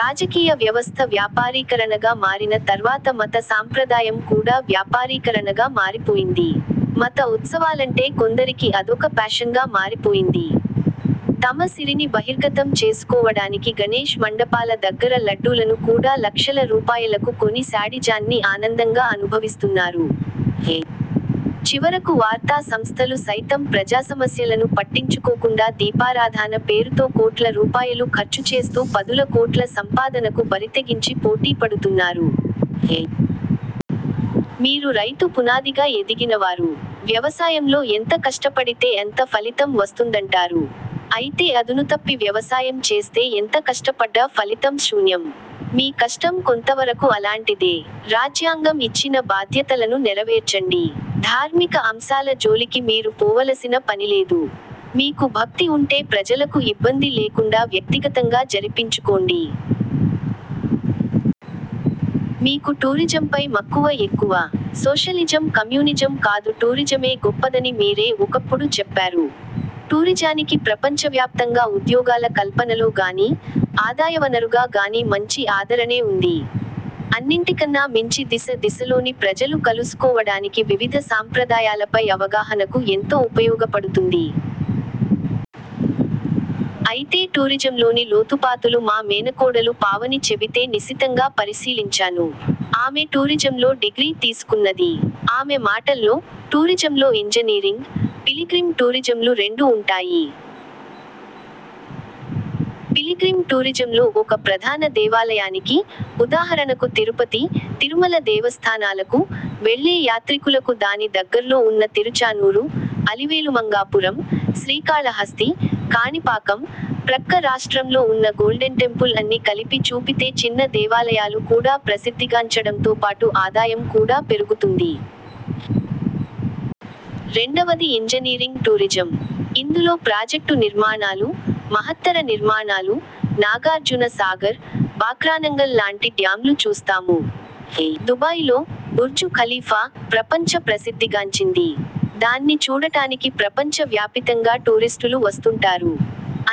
రాజకీయ వ్యవస్థ వ్యాపారీకరణగా మారిన తర్వాత మత సాంప్రదాయం కూడా వ్యాపారీకరణగా మారిపోయింది. మత ఉత్సవాలంటే కొందరికి అదొక ప్యాషన్గా మారిపోయింది. తమ సిరిని బహిర్గతం చేసుకోవడానికి గణేష్ మండపాల దగ్గర లడ్డూలను కూడా లక్షల రూపాయలకు కొని శాడిజాన్ని ఆనందంగా అనుభవిస్తున్నారు. చివరకు వార్తా సంస్థలు సైతం ప్రజాసమస్యలను పట్టించుకోకుండా దీపారాధాన పేరుతో కోట్ల రూపాయలు ఖర్చుచేస్తూ పదుల కోట్ల సంపాదనకు బరితెగించి పోటీపడుతున్నారు. మీరు రైతు పునాదిగా ఎదిగినవారు. వ్యవసాయంలో ఎంత కష్టపడితే అంత ఫలితం వస్తుందంటారు. అయితే అదునుతప్పి వ్యవసాయం చేస్తే ఎంత కష్టపడ్డా ఫలితం శూన్యం. మీ కష్టం కొంతవరకు అలాంటిదే. రాజ్యాంగం ఇచ్చిన బాధ్యతలను నెరవేర్చండి. ధార్మిక అంశాల జోలికి మీరు పోవలసిన పనిలేదు. మీకు భక్తి ఉంటే ప్రజలకు ఇబ్బంది లేకుండా వ్యక్తిగతంగా జరిపించుకోండి. మీకు టూరిజంపై మక్కువ ఎక్కువ. సోషలిజం కమ్యూనిజం కాదు టూరిజమే గొప్పదని మీరే ఒకప్పుడు చెప్పారు. టూరిజానికి ప్రపంచవ్యాప్తంగా ఉద్యోగాల కల్పనలో గానీ, ఆదాయవనరుగా గానీ మంచి ఆదరణే ఉంది. అన్నింటికన్నా మించి దిశ దిశలోని ప్రజలు కలుసుకోవడానికి వివిధ సాంప్రదాయాలపై అవగాహనకు ఎంతో ఉపయోగపడుతుంది. అయితే టూరిజంలోని లోతుపాతులు మా మేనకోడలు పావని చెబితే నిశితంగా పరిశీలించాను. ఆమె టూరిజంలో డిగ్రీ తీసుకున్నది. ఆమె మాటల్లో ''టూరిజంలో ఇంజనీరింగ్, పిలిగ్రిమ్ టూరిజమ్లు రెండు ఉంటాయి. పిలిగ్రిమ్ టూరిజంలో ఒక ప్రధాన దేవాలయానికి–ఉదాహరణకు తిరుపతి- తిరుమల దేవస్థానాలకు–వెళ్ళే యాత్రికులకు దాని దగ్గర్లో ఉన్న తిరుచానూరు, అలివేలుమంగాపురం, శ్రీకాళహస్తి, కాణిపాకం, ప్రక్క రాష్ట్రంలో ఉన్న గోల్డెన్టెంపుల్ అన్ని కలిపి చూపితే చిన్న దేవాలయాలు కూడా ప్రసిద్ధిగాంచడంతోపాటు ఆదాయం కూడా పెరుగుతుంది. రెండవది ఇంజనీరింగ్ టూరిజం. ఇందులో ప్రాజెక్టు నిర్మాణాలు, మహత్తర నిర్మాణాలు, నాగార్జున సాగర్, బాక్రానంగల్ లాంటి డ్యామ్లు చూస్తాము. దుబాయిలో 'బుర్జు ఖలీఫా' ప్రపంచ ప్రసిద్ధిగాంచింది. దాన్ని చూడటానికి ప్రపంచ వ్యాపితంగా టూరిస్టులు వస్తుంటారు.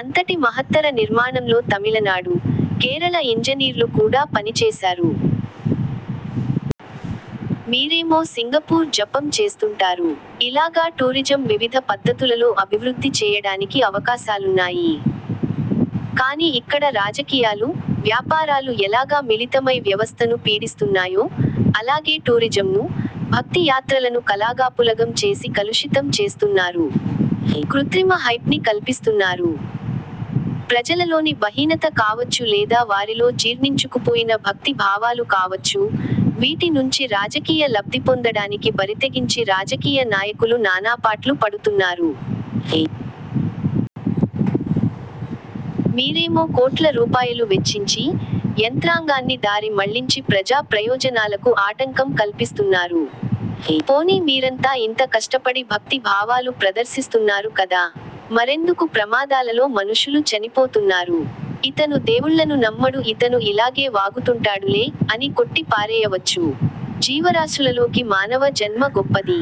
అంతటి మహత్తర నిర్మాణంలో తమిళనాడు, కేరళ ఇంజనీర్లు కూడా పనిచేశారు. మీరేమో సింగపూర్ జపం చేస్తుంటారు. ఇలాగా టూరిజం వివిధ పద్ధతులలో అభివృద్ధి చేయడానికి అవకాశాలున్నాయి. కానీ ఇక్కడ రాజకీయాలు- వ్యాపారాలు ఎలాగా మిళితమై వ్యవస్థను పీడిస్తున్నాయో, అలాగే టూరిజంను, భక్తి యాత్రలను కలాగాపులగం చేసి కలుషితం చేస్తున్నారు. కృత్రిమ హైప్ని కల్పిస్తున్నారు. ప్రజలలోని బహీనత కావచ్చు లేదా వారిలో జీర్ణించుకుపోయిన భక్తి భావాలు కావచ్చు, వీటి నుంచి రాజకీయ లబ్ధిపొందడానికి బరితెగించి రాజకీయ నాయకులు నానాపాట్లు పడుతున్నారు. మీరేమో కోట్ల రూపాయలు వెచ్చించి, యంత్రాంగాన్ని దారి మళ్ళించి ప్రజా ప్రయోజనాలకు ఆటంకం కల్పిస్తున్నారు. పోనీ మీరంతా ఇంత కష్టపడి భక్తి భావాలు ప్రదర్శిస్తున్నారు కదా! మరెందుకు ప్రమాదాలలో మనుషులు చనిపోతున్నారు. ''ఇతను దేవుళ్ళను నమ్మడు ఇతను ఇలాగే వాగుతుంటాడులే'' అని కొట్టి పారేయవచ్చు. జీవరాశులలోకి మానవ జన్మ గొప్పది.